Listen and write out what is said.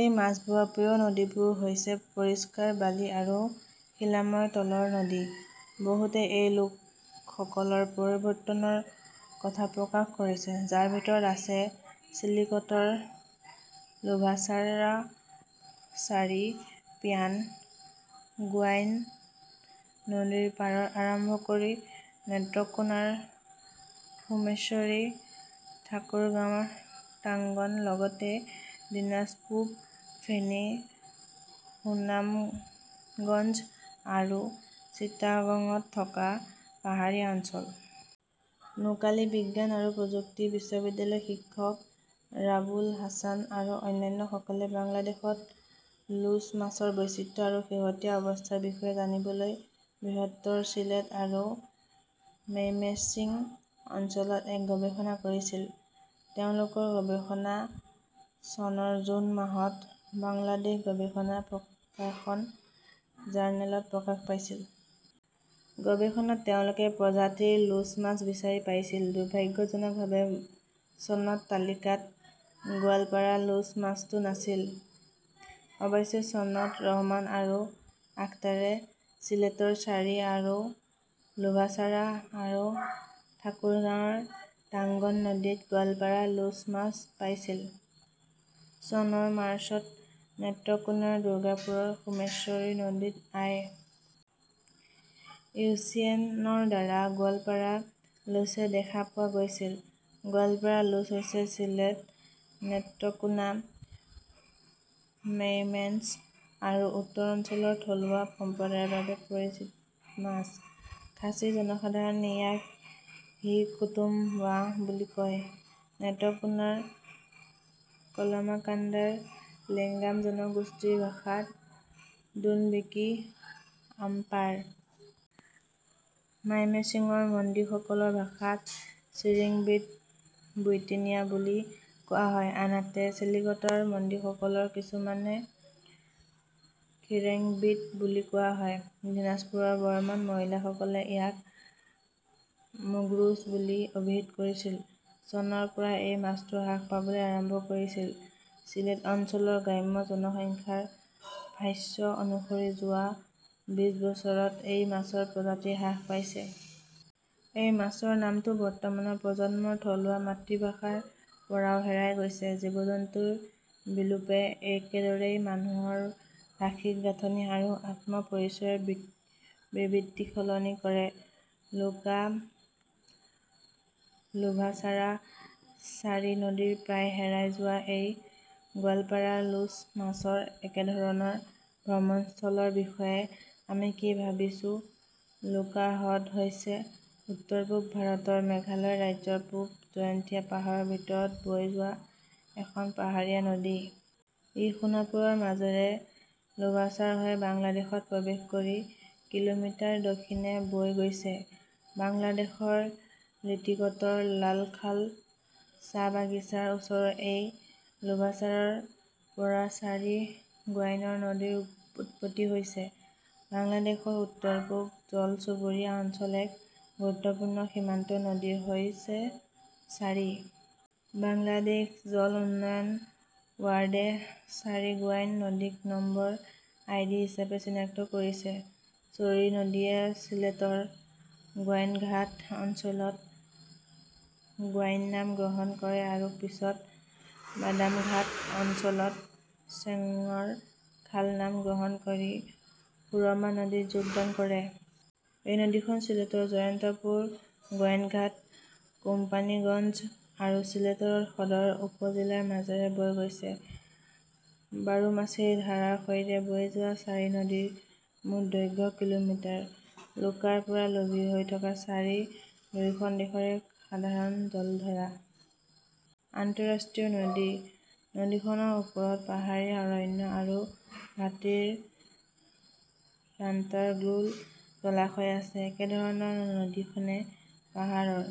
এই মাছবোৰৰ প্ৰিয় নদীবোৰ হৈছে পৰিষ্কাৰ বালি আৰু শিলাময় তলৰ নদী। বহুতে এই লোকসকলৰ পৰিৱৰ্তনৰ কথা প্ৰকাশ কৰিছে, যাৰ ভিতৰত আছে চিলিকটৰ লোভাছাৰা, ছাৰী, পিয়ান, গোৱাইন নদীৰ পৰা আৰম্ভ কৰি নেত্ৰকোনাৰ সোমেশ্বৰী, ঠাকুৰগাঁওৰ টাংগন, লগতে দিনাজপুৰ, ফেনী, সুনামগঞ্জ আৰু চিটাগঙত থকা পাহাৰীয়া অঞ্চল। নোকালী বিজ্ঞান আৰু প্ৰযুক্তি বিশ্ববিদ্যালয়ৰ শিক্ষক ৰাবুল হাছান আৰু অন্যান্যসকলে বাংলাদেশত লোচ মাছৰ বৈচিত্ৰ্য আৰু শেহতীয়া অৱস্থাৰ বিষয়ে জানিবলৈ বৃহত্তৰ চিলেট আৰু মেইমেশ্বিং অঞ্চলত এক গৱেষণা কৰিছিল। তেওঁলোকৰ গৱেষণা চনৰ জুন মাহত বাংলাদেশ গৱেষণা প্ৰকাশন জাৰ্নেলত প্ৰকাশ পাইছিল। গৱেষণাত তেওঁলোকে প্ৰজাতিৰ লোছ মাছ বিচাৰি পাইছিল। দুৰ্ভাগ্যজনকভাৱে চনত তালিকাত 'গোৱালপাড়া লোচ "মাছটো নাছিল। অৱশ্যে চনত ৰহমান আৰু আখতাৰে ছিলেটৰ চাৰী আৰু লোভাছাৰা আৰু ঠাকুৰগাঁওৰ টাংগন নদীত 'গোৱালপাৰা লোচ "মাছ পাইছিল। চনৰ মাৰ্চত নেত্ৰকোনাৰ দুৰ্গাপুৰৰ সোমেশ্বৰী নদীত আই. ইউ. চি. এন. ৰ দ্বাৰা গোৱালপাড়া লোচে দেখা পোৱা গৈছিল। গোৱালপাৰা লোচ হৈছে চিলেট, নেত্ৰকোনা, মেইমেঞ্চ আৰু উত্তৰ অঞ্চলৰ থলুৱা সম্প্ৰদায়ৰ বাবে পৰিচিত মাছ। খাচী জনসাধাৰণে ইয়াক হি কুতুম ৱাহ বুলি কয়। নেত্ৰকোনাৰ কলমাকাণ্ডাৰ লেংগাম জনগোষ্ঠীৰ ভাষাত দুনবিকী আমপাৰ । মাইমেন্সিংৰ মণ্ডীসকলৰ ভাষাত চিৰিঙ্গবীট বুইণ্টিয়া বুলি কোৱা হয়, আনহাতে চিলিকটৰ মণ্ডীসকলৰ কিছুমানে খিৰেঙ্গবীট বুলি কোৱা হয়। দিনাজপুৰৰ বৰ্মন মহিলাসকলে ইয়াক মুগৰুচ "বুলি অভিহিত কৰিছিল। চনৰ পৰা এই মাছটো হ্ৰাস পাবলৈ আৰম্ভ কৰিছিল। চিলেট অঞ্চলৰ গ্ৰাম্য জনসংখ্যাৰ ভাষ্য অনুসৰি যোৱা বিশ বছৰত এই মাছৰ প্ৰজাতি হ্ৰাস পাইছে। এই মাছৰ নামটো বৰ্তমানৰ প্ৰজন্মৰ থলুৱা মাতৃভাষাৰ পৰাও হেৰাই গৈছে। জীৱ-জন্তুৰ বিলোপে এনেদৰেই মানুহৰ ভাষিক গাঁথনি আৰু আত্ম-পৰিচয়ৰ বিবৃতি সলনি কৰে। লুকা লোভাছাৰা ছাৰী নদীৰ প্ৰায় হেৰাই যোৱা এই 'গোৱালপাৰা লোচ "মাছৰ একেধৰণৰ ভ্ৰমণস্থলৰ বিষয়ে আমি কি ভাবিছোঁ লুকা হ্ৰদ হৈছে উত্তৰ-পূব ভাৰতৰ মেঘালয় ৰাজ্যৰ পূব জয়ন্তীয়া পাহাৰৰ ভিতৰত বৈ যোৱা এখন পাহাৰীয়া নদী। ই সোনাপুৰৰ মাজেৰে লোভাছাৰা হৈ বাংলাদেশত প্ৰৱেশ কৰি কিলোমিটাৰ দক্ষিণে বৈ গৈছে। বাংলাদেশৰ চিলিকটৰ লালখাল চাহ বাগিচাৰ ওচৰৰ এই লোভাছাৰাৰ পৰা ছাৰী-গোৱাইন নদীৰ উৎপত্তি হৈছে। বাংলাদেশৰ উত্তৰ-পূব জল-চুবুৰীয়া অঞ্চলৰ এক গুৰুত্বপূৰ্ণ সীমান্ত নদী হৈছে ছাৰী। বাংলাদেশ জল উন্নয়ন বোৰ্ডে ছাৰী-গোৱাইন নদীক নম্বৰ আইডি হিচাপে চিনাক্ত কৰিছে। ছৰী নদীয়ে ছিলেটৰ গোৱাইনঘাট অঞ্চলত গোৱাইন নাম গ্ৰহণ কৰে আৰু পিছত বাদামঘাট অঞ্চলত চেংৰ খাল নাম গ্ৰহণ কৰি সুৰমা নদীত যোগদান কৰে। এই নদীখন চিলেটৰ জয়ন্তপুৰ, গোৱাইনঘাট, কোম্পানীগঞ্জ আৰু চিলেটৰ সদৰ উপ-জিলাৰ মাজেৰে বৈ গৈছে। বাৰোমাচি ধাৰাৰ সৈতে বৈ যোৱা ছাৰী নদীৰ মুঠ দৈৰ্ঘ্য কিলোমিটাৰ। লুকাৰ পৰা লোভী হৈ থকা ছাৰী দুয়োখন দেশৰ এক সাধাৰণ জলধাৰা। আন্তঃৰাষ্ট্ৰীয় নদী। নদীখনৰ ওপৰত পাহাৰীয়া অৰণ্য আৰু ভাটিৰ ৰাটাৰগুল জলাশয় আছে। একেধৰণৰ নদীখনে পাহাৰৰ